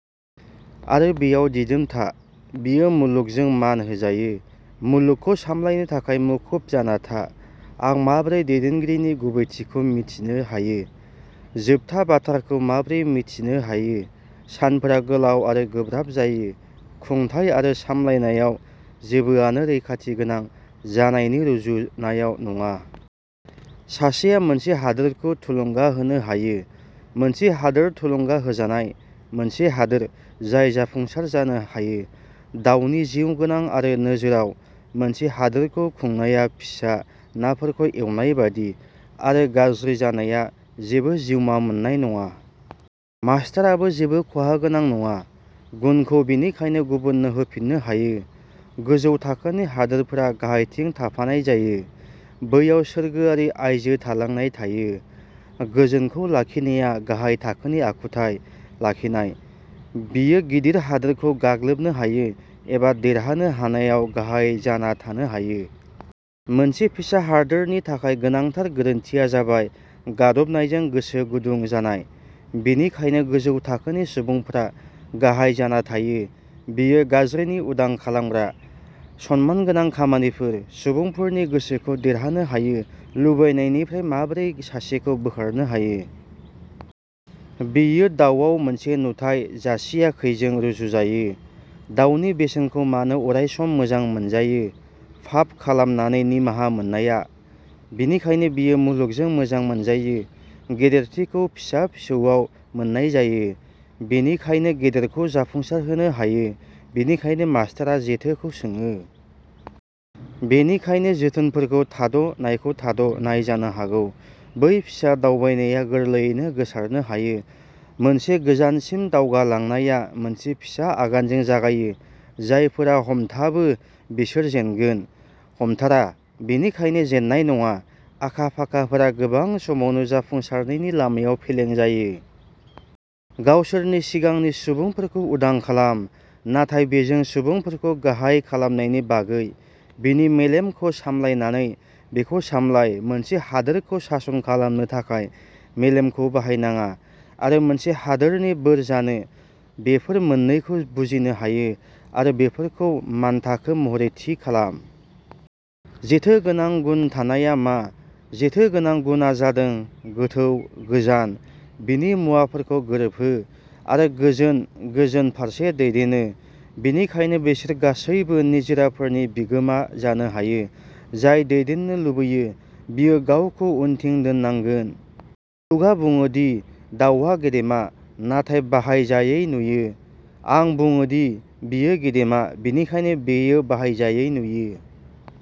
आरो बेयाव दिदोम था। बेयो मुलुगजों मान होजायो। मुलुगखौ सामलायनो थाखाय मुखुब जाना था। आं माबोरै दैदेनगिरिनि गुबैथिखौ मिथिनो हायो? जोबथा बाथ्राखौ माबोरै मिथिनो हायो? सानफोरा गोलाव आरो गोब्राब जायो। खुंथाय आरो सामलायनायाव, जेबोआनो रैखाथिगोनां जानायनि रुजुनायाव नङा। सासेया मोनसे हादोरखौ थुलुंगा होनो हायो। मोनसे हादोर थुलुंगा होजानाय, मोनसे हादोर जाय जाफुंसार जानो हायो। दावनि जिउगोनां आरो नोजोरआव। मोनसे हादोरखौ खुंनाया फिसा नाफोरखौ एवनाय बायदि। आरो गाज्रि जानाया जेबो जिउमा मोन्नाय नङा। मास्तराबो जेबो खहागोनां नङा। गुनखौ बेनिखायनो गुबुननो होफिननो हायो। गोजौ थाखोनि हादोरफोरा गाहायथिं थाफानाय जायो। बैयाव सोरगोआरि आइजो थालांनाय थायो। गोजोनखौ लाखिनाया गाहाय थाखोनि आखुथाय लाखिनाय। बेयो गिदिर हादोरखौ गाग्लोबनो हायो। एबा देरहानो हानायाव गाहाय जाना थानो हायो। मोनसे फिसा हादोरनि थाखाय गोनांथार गोरोन्थिआ जाबाय गादबनायजों गोसो गुदुं जानाय। बेनिखायनो गोजौ थाखोनि सुबुंफोरा गाहाय जाना थायो। बेयो गाज्रिनि उदां खालामग्रा। सनमानगोनां खामानिफोर। सुबुंफोरनि गोसोखौ देरहानो हायो। लुबैनायनिफ्राय माबोरै सासेखौ बोखारनो हायो? बेयो दावआव मोनसे नुथाय जासियाखैजों रुजुजायो। दावनि बेसेनखौ मानो अरायसम मोजां मोनजायो? पाप खालामनानै निमाहा मोननाया? बेनिखायनो बेयो मुलुगजों मोजां मोनजायो। गेदेरथिखौ फिसा-फिसौआव मोन्नाय जायो। बेनिखायनो गेदेरखौ जाफुंसारहोनो हायो। बेनिखायनो मास्तरआ जेथोखौ सोङो। बेनिखायनो जेथोफोरखौ थाद "नायखौ थाद" नाय जानो हागौ। बै फिसा दावबायनाया गोरलैयैनो गोसारनो हायो। मोनसे गोजानसिम दावगालांनाया मोनसे फिसा आगानजों जागायो। जायफोरा हमथाबो बिसोर जेनगोन। हमथारा, बेनिखायनो जेननाय नङा। आखा-फाखाफोरा गोबां समावनो जाफुंसारनायनि लामायाव फेलें जायो। गावसोरनि सिगांनि सुबुंफोरखौ उदां खालाम। नाथाय बेजों सुबुंफोरखौ गाहाय खालामनायनि बागै। बेनि मेलेमखौ सामलायनानै बेखौ सामलाय। मोनसे हादोरखौ सासन खालामनो थाखाय मेलेमखौ बाहायनाङा, आरो मोनसे हादोरनि बोर जानो। बेफोर मोननैखौ बुजिनो हायो, आरो बेफोरखौ मानथाखो महरै थि खालाम। जेथो गोनां गुन थानायआ मा। जेथो गोनां गुनआ जादों। गोथौ! गोजान! बिनि मुवाफोरखौ गोरोबहो! आरो गोजोन गोजोन फारसे दैदेनो। बेनिखायनो बिसोर गासैबो निजिराफोरनि बिगोमा जानो हायो। जाय दैदेननो लुबैयो, बियो गावखौ उनथिं दोननांगोन। मुलुगआ बुङो दि दावआ गेदेमा, नाथाय बाहायजायै नुयो। आं बुङो दि बेयो गेदेमा, बेनिखायनो बेयो बाहायजायै नुयो।